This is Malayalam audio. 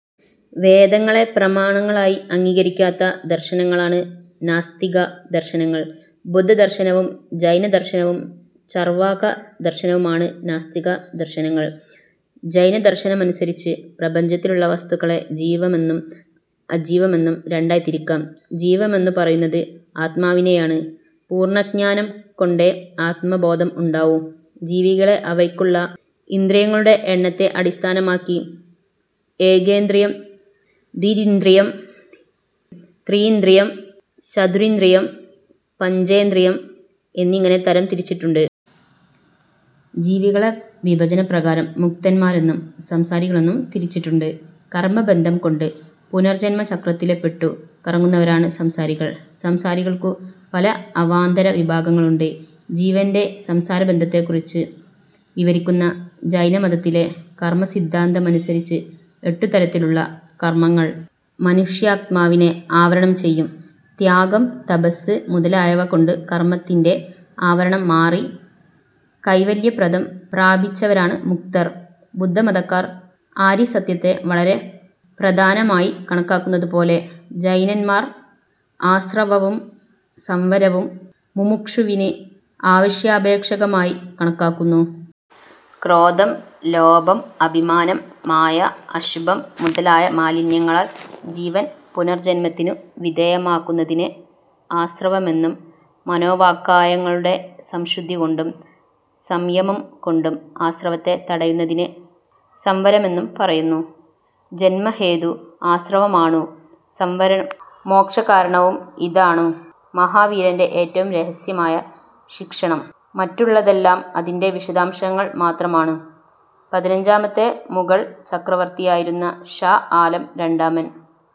വേദങ്ങളെ പ്രമാണങ്ങളായി അംഗീകരിക്കാത്ത ദർശനങ്ങളാണ് നാസ്തിക ദർശനങ്ങൾ. ബുദ്ധദർശനവും ജൈനദർശനവും ചർവാകദർശനവുമാണ് നാസ്തിക ദർശനങ്ങൾ. ജൈനദർശനമനുസരിച്ച് പ്രപഞ്ചത്തിലുള്ള വസ്തുക്കളെ ജീവമെന്നും അജീവമെന്നും രണ്ടായി തിരിക്കാം. ജീവമെന്നു പറയുന്നത് ആത്മാവിനെയാണു. പൂർണ്ണജ്ഞാനം കൊണ്ടേ ആത്മബോധം ഉണ്ടാവൂ. ജീവികളെ അവയ്ക്കുള്ള ഇന്ദ്രിയങ്ങളുടെ എണ്ണത്തെ അടിസ്ഥാനമാക്കി ഏകേന്ദ്രിയം, ദ്വിന്ദ്രിയം, ത്രീന്ദ്രിയം, ചതുരിന്ദ്രിയം, പഞ്ചേന്ദ്രിയം എന്നിങ്ങനെ തരം തിരിച്ചിട്ടുണ്ട്. ജീവികളെ വിഭജനപ്രകാരം മുക്തന്മാരെന്നും സംസാരികളെന്നും തിരിച്ചിട്ടുണ്ട്. കർമ്മബന്ധം കൊണ്ടു പുനർജ്ജന്മചക്രത്തില്പെട്ടു കറങ്ങുന്നവരാണു സംസാരികൾ. സംസാരികൾക്കു പല അവാന്തരവിഭാഗങ്ങളുണ്ട്. ജീവന്റെ സംസാരബന്ധത്തെക്കുറിച്ചു വിവരിക്കുന്ന ജൈനമതത്തിലെ കർമ്മസിദ്ധാന്തമനുസരിച്ച് എട്ടുതരത്തിലുള്ള കർമ്മങ്ങൾ മനുഷ്യാത്മാവിനെ ആവരണം ചെയ്യും. ത്യാഗം, തപസ്സ് മുതലായവകൊണ്ടു കർമ്മത്തിന്റെ ആവരണം മാറി കൈവല്യപ്രദം പ്രാപിച്ചവരാണു മുക്തർ. ബുദ്ധമതക്കാർ ആര്യസത്യത്തെ വളരെ പ്രധാനമായി കണക്കാക്കുന്നതുപോലെ, ജൈനന്മാർ ആസ്രവവും സംവരവും മുമുക്ഷുവിന് അവശ്യാപേക്ഷകമായി കണക്കാക്കുന്നു. ക്രോധം, ലോഭം, അഭിമാനം മായ, അശുഭം, മുതലായ മാലിന്യങ്ങളാൽ ജീവൻ പുനർജ്ജന്മത്തിനു വിധേയമാകുന്നതിനെ ആസ്രവമെന്നും, മനോവാക്കായങ്ങളുടെ സംശുദ്ധികൊണ്ടും, സംയമംകൊണ്ടും, ആസ്രവത്തെ തടയുന്നതിനെ സംവരമെന്നും പറയുന്നു. " ജന്മഹേതു ആസ്രവമാണു; സംവരം മോക്ഷകാരണവും. ഇതാണു മഹാവീരന്റെ ഏറ്റവും രഹസ്യമായ ശിക്ഷണം. മറ്റുള്ളതെല്ലാം അതിന്റെ വിശദാംശങ്ങൾ മാത്രമാണു". പതിനഞ്ചാമത്തെ മുഗൾ ചക്രവർത്തിയായിരുന്നു ഷാ ആലം രണ്ടാമൻ.